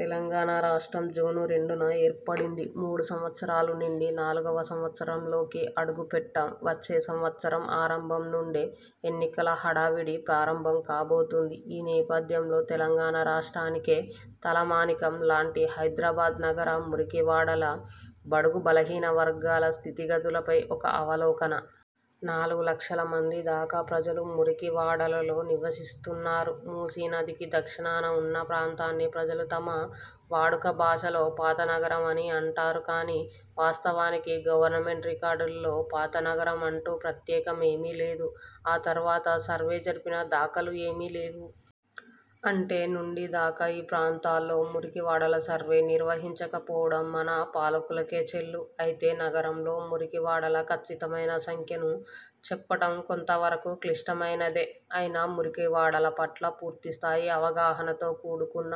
తెలంగాణ రాష్ట్రం, జూన్ రెండున ఏర్పడింది. మూడు సంవత్సరాలు నిండి, నాలుగవ సంవత్సరంలోకి అడుగు పెట్టాం. వచ్చే సంవత్సరం ఆరంభం నుండే ఎన్నికల హడా వుడి ప్రారంభం కాబోతోంది. ఈ నేపథ్యంలో తెలంగాణ రాష్ట్రానికే తల మానికం లాంటి హైదరాబాద్ నగర మురికి వాడల, బడుగు, బలహీన వర్గాల స్థితి గతులపై ఒక అవలోకన. నాలుగు లక్షల మంది దాకా ప్రజలు మురికి వాడలలో నివసిస్తున్నారు. మూసీ నదికి దక్షిణాన ఉన్న ప్రాంతాన్ని ప్రజలు తమ వాడుక భాషలో పాత నగరం అని అంటారు కానీ వాస్తవానికి గవర్నమెంట్ రికార్డుల్లో పాత నగరం అంటూ ప్రత్యేకం ఏమీ లేదు. ఆ తర్వాత సర్వే జరిపిన దాఖలాలు ఏమీ లేవు. అంటే నుండి దాకా ఈ ప్రాంతాల్లో మురికి వాడల సర్వే నిర్వహించక పోవటం మన పాలకులకే చెల్లు. ఐతే, నగరంలో మురికి వాడల ఖచ్చితమైన సంఖ్యను చెప్పటం కొంత వరకు క్లిష్ట మైనదే. ఐనా, మురికివాడల పట్ల పూర్తి స్థాయి అవగాహనతో కూడుకున్న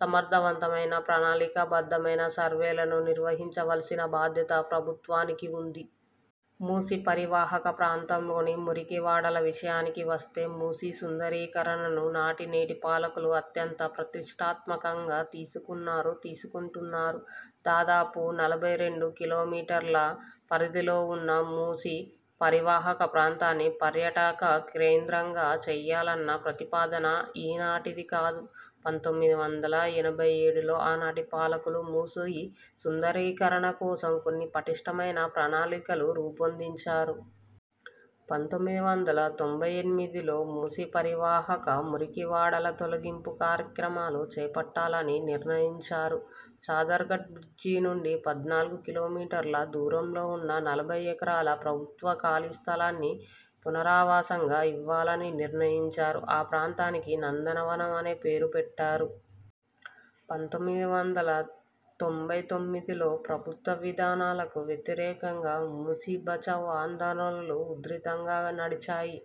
సమర్థవంతమైన, ప్రణాళికా బద్ధమైన సర్వేలను నిర్వహించవలసిన బాధ్యత ప్రభుత్వానికి ఉంది. మూసీ పరివాహక ప్రాంతంలోని మురికి వాడల విషయానికి వస్తే, మూసీ సుందరీ కరణను నాటి నేటి పాలకులు అత్యంత ప్రతిష్ఠాత్మకంగా తీసుకున్నారు, తీసుకుంటున్నారు. దాదాపుగా నలభై రెండు కిలోమీటర్ల పరిధిలో ఉన్న మూసీ పరివాహక ప్రాంతాన్ని పర్యాటక కేంద్రంగా చెయ్యాలన్న ప్రతిపాదన ఈనాటిది కాదు. పంతొమ్మిది వందల ఎనభై ఏడులో ఆనాటి పాలకులు మూసీ సుందరీకరణ కోసం కొన్ని పటిష్టమైన ప్రణాళికలను రూపొందించారు. పంతొమ్మిది వందల తొంభై ఎనిమిదిలో మూసీ పరివాహక మురికి వాడల తొలగింపు కార్యక్రమాలు చేపట్టాలని నిర్ణయించారు. చాదర్ ఘాట్ బ్రిడ్జి నుండి పద్నాలుగు కిలోమీటర్ల దూరంలో ఉన్న నలభై ఎకరాల ప్రభుత్వ ఖాళీ స్థలాన్ని పునరావాసంగా ఇవ్వాలని నిర్ణయించారు. ఆ ప్రాంతానికి నందనవనం అనే పేరు పెట్టారు. పంతొమ్మిది వందల తొంభై తొమ్మిదిలో ప్రభుత్వ విధానాలకు వ్యతిరేకంగా మూసీ బచావ్ ఆందోళనలు ఉధృతంగా నడిచాయి.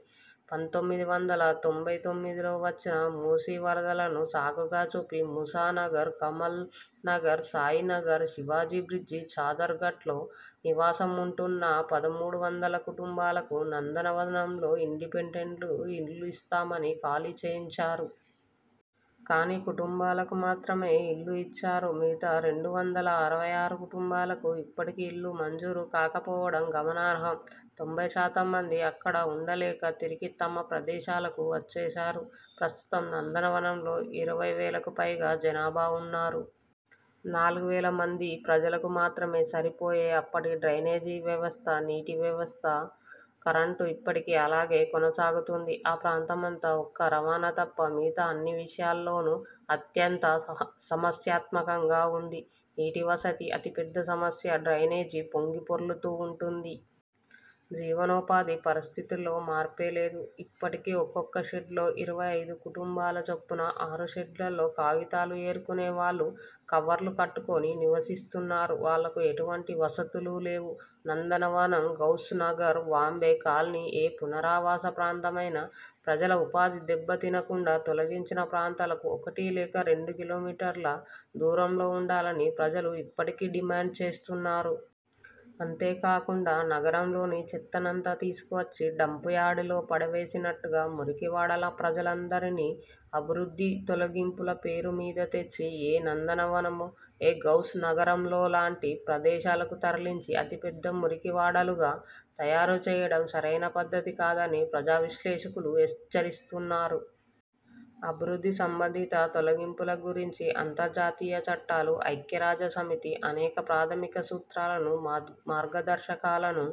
పంతొమ్మిది వందల తొంభై తొమ్మిదిలో వచ్చిన మూసీ వరదలను సాకుగా చూపి ముసానగర్, కమల్ నగర్, సాయినగర్, శివాజీ బ్రిడ్జి, చాదర్ ఘాట్లలో నివాస ముంటున్న పదమూడు వందల కుటుంబాలకు నందన వనంలో ఇండిపెండెంట్ ఇళ్ళు ఇస్తామని ఖాళీ చేయించారు. కానీ, కుటుంబాలకు మాత్రమే ఇళ్ళు ఇచ్చారు! మిగతా రెండు వందల అరవై ఆరు కుటుంబాలకు ఇప్పటికీ ఇళ్ళు మంజూరు కాకపోవటం గమనార్హం! తొంభై శాతం మంది అక్కడ ఉండలేక తిరిగి తమ ప్రదేశాలకు వచ్చేశారు. ప్రస్తుతం నందన వనంలో ఇరవై వేలకు పైగా జనాభా ఉన్నారు. నాలుగు వేల మంది ప్రజలకు మాత్రమే సరిపోయే అప్పటి డ్రైనేజి వ్యవస్థ, నీటి వ్యవస్థ, కరెంటు ఇప్పటికీ అలాగే కొనసాగుతోంది. ఆ ప్రాంతమంతా ఒక్క రవాణా తప్ప మిగతా అన్ని విషయాలలోనూ అత్యంత సమస్యాత్మకంగా ఉంది. నీటి వసతి అతి పెద్ద సమస్య. డ్రైనేజీ పొంగి పొర్లుతూ ఉంటుంది. జీవనో పాధి పరిస్థితిలో మార్పే లేదు. ఇప్పటికీ ఒక్కొక్క షెడ్లో ఇరవై ఐదు కుటుంబాలు చొప్పున ఆరు షెడ్లలో కాగితాలు ఏరుకునే వాళ్ళు కవర్లు కట్టుకొని నివసిస్తున్నారు. వాళ్ళకు ఎటువంటి వసతులు లేవు. నందనవనం, గౌస్ నగర్, వాంబే కాలనీఏ పునరావాస ప్రాంతమైనా ప్రజల ఉపాధి దెబ్బ తినకుండా, తొలగించిన ప్రదేశాలకు ఒకటి లేక రెండు కిలోమీటర్ల దూరంలో ఉండాలని ప్రజలు ఇప్పటికీ డిమాండ్ చేస్తున్నారు. అంతే కాకుండా, నగరంలోని చెత్తనంతా తీసుకు వచ్చి డంపింగ్ యార్డులో పడవేసినట్టుగా మురికి వాడల ప్రజలందరినీ అభివృద్ధి తొలగింపుల పేరు మీద తెచ్చి ఏ నందన వనమో, ఏ గౌస్ నగరోలాంటి ప్రదేశాలకు తరలించి అతి పెద్ద మురికి వాడలుగా తయారు చేయటం సరైన పద్ధతి కాదని సామాజిక విశ్లేషకులు హెచ్చరిస్తున్నారు. అభివృద్ధి సంబంధిత తొలగింపుల గురించి అంతర్జాతీయ చట్టాలూ, ఐక్యరాజ్య సమితి అనేక ప్రాథమిక సూత్రాలను, మార్గదర్శకాలనూ